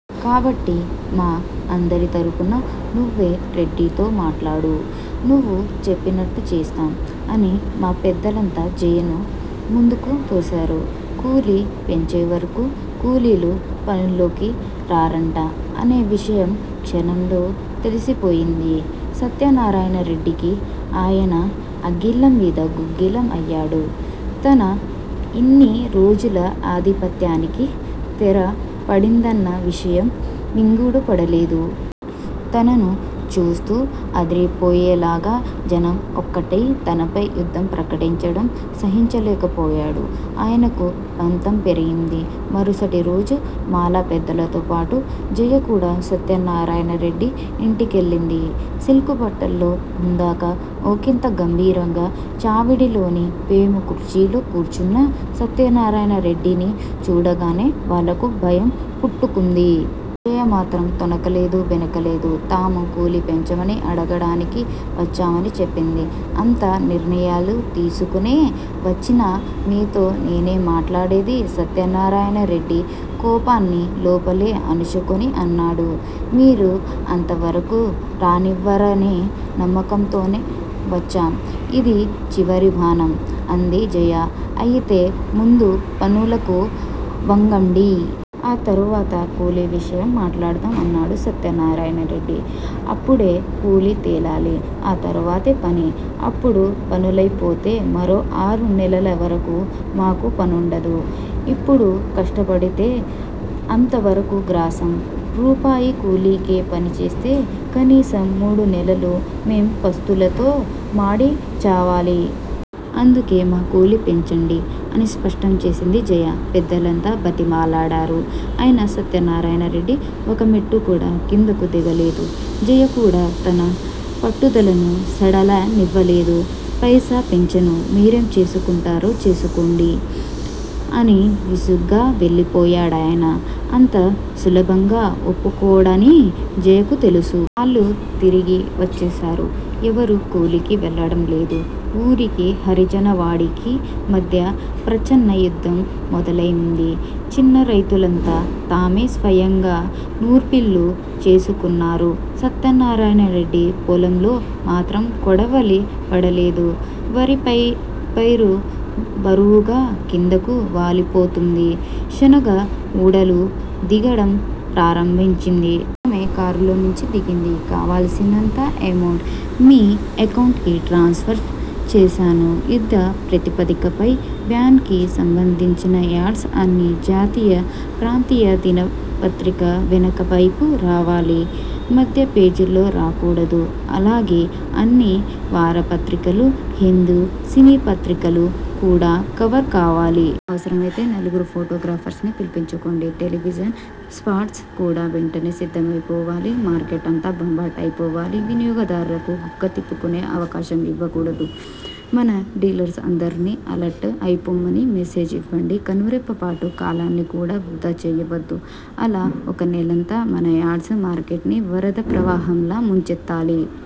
కాబట్టి మా అందరి తరపున నువ్వే రెడ్డితో మాట్లాడు. నువు చెప్పినట్టు చేస్తాం అని మా పెద్దలంతా జయను ముందుకు తోశారు. కూలీ పెంచేవరకు కూలీలు పనుల్లోకి రారంట అనే విషయం క్షణంలో తెలిసిపోయింది సత్యనారాయణరెడ్డికి. ఆయన అగ్గిలం మీద గుగ్గిలం అయ్యాడు. తన ఇన్ని రోజుల ఆధిపత్యానికి తెర పడిందన్న విషయం మింగుడు పడలేదు. తనను చూస్తూనే అదిరిపోయే అలగా జనం ఒక్కటై తనపై యుద్ధం ప్రకటించడం సహించలేకపోయాడు. ఆయనకు పంతం పెరిగింది. మరుసటి రోజు మాల పెద్దలతోపాటు జయ కూడా సత్యనారాయణరెడ్డి ఇంటికెళ్ళింది. సిల్క్ బట్టల్లో హుందాగా, ఒకింత గంభీరంగా చావిడిలోని పేము కుర్చీలో కూర్చున్న సత్యనారాయణరెడ్డిని చూడగానే వాళ్ళకు భయం పుట్టుకుంది. జయ మాత్రం తొణకలేదు. బెణకలేదు. తాము కూలీ పెంచమని అడగడానికి వచ్చామని చెప్పింది. అంతా నిర్ణయాలు తీసుకునే వచ్చిన మీతో నేనేం మాట్లాడేది? సత్యనారాయణరెడ్డి కోపాన్ని లోపలే అణచుకుని అన్నాడు. మీరు అంతవరకు రానివ్వరనే నమ్మకంతోనే వచ్చాం. అది చివరి బాణం అంది జయ. అయితే ముందు పనులకు వంగండి. ఆ తరువాత కూలీ విషయం మాట్లాడదాం అన్నాడు సత్యనారాయణరెడ్డి. అప్పుడే కూలీ తేలాలి. ఆ తరువాతే పని. అప్పుడు పనులైపోతే మరో ఆరు నెలల వరకు మాకు పనుండదు. ఇప్పుడు కష్టపడితేనే అంతవరకు గ్రాసం. రూపాయి కూలీకే పనిచేస్తే కనీసం మూడు నెలలు మేం పస్తులతో మాడి చావాలి. అందుకే మా కూలీ పెంచండి అని స్పష్టం చేసింది జయ. పెద్దలంతా బతిమలాడారు. అయినా సత్యనారాయణరెడ్డి ఒక్క మెట్టు కూడా కిందకు దిగలేదు. జయ కూడా తన పట్టుదలను సడలనివ్వలేదు. పైసా పెంచను. మీరేం చేసుకుంటారో చేసుకోండి అని విసురుగా వెళ్ళిపోయాడాయన. అంత సులభంగా ఒప్పుకోడని జయకూ తెలుసు. వాళ్ళు తిరిగి వచ్చేశారు. ఎవరూ కూలీకి వెళ్ళడం లేదు. ఊరికీ, హరిజనవాడకీ మధ్య ప్రచ్చన్న యుద్ధం మొదలైంది. చిన్న రైతులంతా తామే స్వయంగా నూర్పిళ్ళు చేసుకున్నారు. సత్యనారాయణరెడ్డి పొలంలో మాత్రం కొడవలి పడలేదు. వరి పైరు బరువుగా కిందకు వాలిపోతోంది. శనగ వూడలు దిగడం ప్రారంభించింది. ఆమె కారులోంచి దిగింది. కావల్సినంత ఎమౌంట్ మీ ఎకౌంట్ కి ట్రాన్స్ ఫర్ చేశాను. యుద్ద ప్రాతిపదికపై వ్యాన్ కి సంబంధించిన యాడ్స్ అన్నీ జాతీయ, ప్రాంతీయ దినపత్రిక వెనుకవైపు రావాలి. మధ్య పేజీల్లో రాకూడదు. అలాగే అన్ని వారపత్రికలు, హిందీ సినీపత్రికలు కూడా కవర్ కావాలి. అవసరమైతే నలుగురు ఫోటోగ్రాఫర్స్ ని పిలిపించుకోండి. టెలివిజన్ స్పాట్స్ కూడా వెంటనే సిద్దమైపోవాలి. మార్కెట్ అంతా బంబాట్ అయిపోవాలి. వినియోగదారులకు గుక్కతిప్పుకునే అవకాశం యివ్వకూడదు. మన డీలర్స్ అందర్నీ అలర్ట్ అయిపొమ్మని మెసేజ్ ఇవ్వండి. కనురెప్పపాటు కాలాన్ని కూడా వృధా చేయవద్దు. అలా ఒక్క నెలంతా మన యాడ్స్ మార్కెట్ ని వరద ప్రవాహంలా ముంచెత్తాలి.